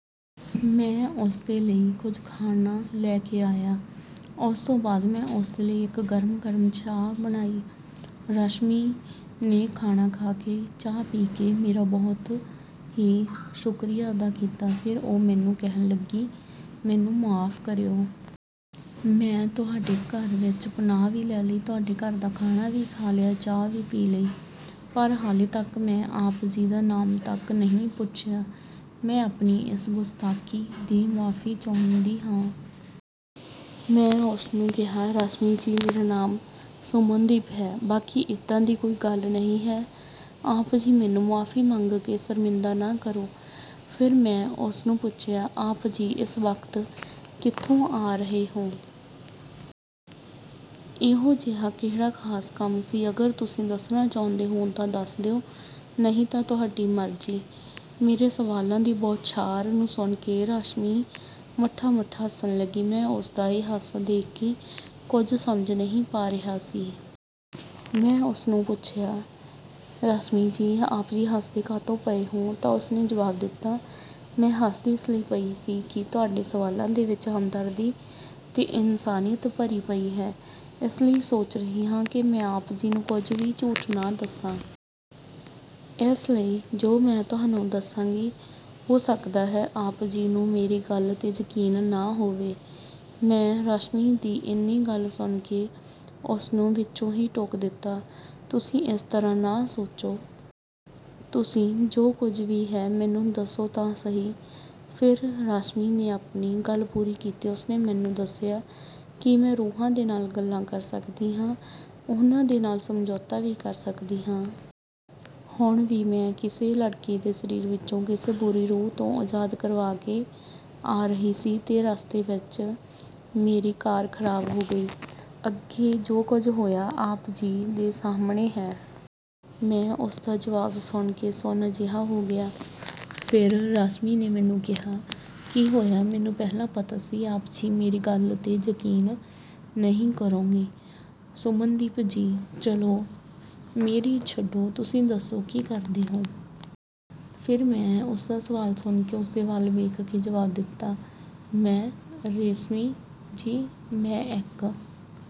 ਮੈਂ ਉਸਦੇ ਲਈ ਕੁਝ ਖਾਣਾ ਲੈ ਕੇ ਆਇਆ। ਉਸ ਤੋਂ ਬਾਅਦ ਮੈਂ ਉਸਦੇ ਲਈ ਇੱਕ ਗਰਮ-ਗਰਮ ਚਾਹ ਬਣਾਈ। ਰਸ਼ਮੀ ਨੇ ਖਾਣਾ ਖਾ ਕੇ, ਚਾਹ ਪੀ ਕੇ ਮੇਰਾ ਬਹੁਤ ਹੀ ਸ਼ੁਕਰੀਆ ਅਦਾ ਕੀਤਾ। ਫਿਰ ਉਹ ਮੈਨੂੰ ਕਹਿਣ ਲੱਗੀ, "ਮੈਨੂੰ ਮੁਆਫ਼ ਕਰਿਓ। ਮੈਂ ਤੁਹਾਡੇ ਘਰ ਵਿੱਚ ਪਨਾਹ ਵੀ ਲੈ ਲਈ, ਤੁਹਾਡੇ ਘਰ ਦਾ ਖਾਣਾ ਵੀ ਖਾ ਲਿਆ, ਚਾਹ ਵੀ ਪੀ ਲਈ, ਪਰ ਹਾਲੇ ਤੱਕ ਮੈਂ ਆਪ ਜੀ ਦਾ ਨਾਮ ਤੱਕ ਨਹੀਂ ਪੁੱਛਿਆ। ਮੈਂ ਆਪਣੀ ਇਸ ਗੁਸਤਾਖੀ ਦੀ ਮੁਆਫ਼ੀ ਚਾਹੁੰਦੀ ਹਾਂ।" ਮੈਂ ਉਸਨੂੰ ਕਿਹਾ, "ਰਸ਼ਮੀ ਜੀ, ਮੇਰਾ ਨਾਮ ਸੁਮਨਦੀਪ ਹੈ। ਬਾਕੀ ਇੱਦਾਂ ਦੀ ਕੋਈ ਗੱਲ ਨਹੀਂ ਹੈ। ਆਪ ਜੀ ਮੈਨੂੰ ਮੁਆਫ਼ੀ ਮੰਗ ਕੇ ਸ਼ਰਮਿੰਦਾ ਨਾ ਕਰੋ।" ਫਿਰ ਮੈਂ ਉਸਨੂੰ ਪੁੱਛਿਆ, "ਆਪ ਜੀ ਇਸ ਵਕਤ ਕਿੱਥੋਂ ਆ ਰਹੇ ਹੋ? ਇਹੋ ਜਿਹਾ ਕਿਹੜਾ ਖ਼ਾਸ ਕੰਮ ਸੀ? ਅਗਰ ਤੁਸੀਂ ਦੱਸਣਾ ਚਾਹੁੰਦੇ ਹੋ ਤਾਂ ਦੱਸ ਦਿਓ, ਨਹੀਂ ਤਾਂ ਤੁਹਾਡੀ ਮਰਜ਼ੀ।" ਮੇਰੇ ਸਵਾਲਾਂ ਦੀ ਬੌਛਾਰ ਨੂੰ ਸੁਣ ਕੇ ਰਸ਼ਮੀ ਮੱਠਾ-ਮੱਠਾ ਹੱਸਣ ਲੱਗੀ। ਮੈਂ ਉਸਦਾ ਇਹ ਹਾਸਾ ਦੇਖ ਕੇ ਕੁਝ ਸਮਝ ਨਹੀਂ ਪਾ ਰਿਹਾ ਸੀ। ਮੈਂ ਉਸਨੂੰ ਪੁੱਛਿਆ, "ਰਸ਼ਮੀ ਜੀ, ਆਪ ਜੀ ਹੱਸਦੇ ਕਾਹਤੋਂ ਪਏ ਹੋ?" ਤਾਂ ਉਸਨੇ ਜਵਾਬ ਦਿੱਤਾ, "ਮੈਂ ਹੱਸਦੀ ਇਸ ਲਈ ਪਈ ਸੀ ਕਿ ਤੁਹਾਡੇ ਸਵਾਲਾਂ ਦੇ ਵਿੱਚ ਹਮਦਰਦੀ ਤੇ ਇਨਸਾਨੀਅਤ ਭਰੀ ਪਈ ਹੈ। ਇਸ ਲਈ ਸੋਚ ਰਹੀ ਹਾਂ ਕਿ ਮੈਂ ਆਪ ਜੀ ਨੂੰ ਕੁਝ ਵੀ ਝੂਠ ਨਾ ਦੱਸਾਂ। ਇਸ ਲਈ ਜੋ ਮੈਂ ਤੁਹਾਨੂੰ ਦੱਸਾਂਗੀ, ਹੋ ਸਕਦਾ ਹੈ ਆਪ ਜੀ ਨੂੰ ਮੇਰੀ ਗੱਲ 'ਤੇ ਯਕੀਨ ਨਾ ਹੋਵੇ।" ਮੈਂ ਰਸ਼ਮੀ ਦੀ ਇੰਨੀ ਗੱਲ ਸੁਣ ਕੇ ਉਸਨੂੰ ਵਿੱਚੋਂ ਹੀ ਟੋਕ ਦਿੱਤਾ, "ਤੁਸੀਂ ਇਸ ਤਰ੍ਹਾਂ ਨਾ ਸੋਚੋ। ਤੁਸੀਂ ਜੋ ਕੁਝ ਵੀ ਹੈ, ਮੈਨੂੰ ਦੱਸੋ ਤਾਂ ਸਹੀ।" ਫਿਰ ਰਸ਼ਮੀ ਨੇ ਆਪਣੀ ਗੱਲ ਪੂਰੀ ਕੀਤੀ। ਉਸਨੇ ਮੈਨੂੰ ਦੱਸਿਆ, "ਕੀ ਮੈਂ ਰੂਹਾਂ ਦੇ ਨਾਲ ਗੱਲਾ ਕਰ ਸਕਦੀ ਹਾਂ। ਉਹਨਾਂ ਦੇ ਨਾਲ ਸਮਝੌਤਾ ਵੀ ਕਰ ਸਕਦੀ ਹਾਂ। ਹੁਣ ਵੀ ਮੈਂ ਕਿਸੇ ਲੜਕੀ ਦੇ ਸਰੀਰ ਵਿੱਚੋਂ ਕਿਸੇ ਬੁਰੀ ਰੂਹ ਤੋਂ ਆਜ਼ਾਦ ਕਰਵਾ ਕੇ ਆ ਰਹੀ ਸੀ ਤੇ ਰਸਤੇ ਵਿੱਚ ਮੇਰੀ ਕਾਰ ਖ਼ਰਾਬ ਹੋ ਗਈ। ਅੱਗੇ ਜੋ ਕੁਝ ਹੋਇਆ, ਆਪ ਜੀ ਦੇ ਸਾਹਮਣੇ ਹੈ।" ਮੈਂ ਉਸਦਾ ਜਵਾਬ ਸੁਣ ਕੇ ਸੁੰਨ ਜਿਹਾ ਹੋ ਗਿਆ। ਫਿਰ ਰਸ਼ਮੀ ਨੇ ਮੈਨੂੰ ਕਿਹਾ, "ਕੀ ਹੋਇਆ? ਮੈਨੂੰ ਪਹਿਲਾਂ ਪਤਾ ਸੀ ਆਪ ਜੀ ਮੇਰੀ ਗੱਲ 'ਤੇ ਯਕੀਨ ਨਹੀਂ ਕਰੋਗੇ, ਸੁਮਨਦੀਪ ਜੀ। ਚਲੋ, ਮੇਰੀ ਛੱਡੋ, ਤੁਸੀਂ ਦੱਸੋ ਕਿ ਕਰਦੇ ਹੋ?" ਫਿਰ ਮੈਂ ਉਸਦਾ ਸਵਾਲ ਸੁਣ ਕੇ ਉਸਦੇ ਵੱਲ ਵੇਖ ਕੇ ਜਵਾਬ ਦਿੱਤਾ, "ਮੈਂ… ਰੇਸ਼ਮੀ ਜੀ, ਮੈਂ ਇੱਕ--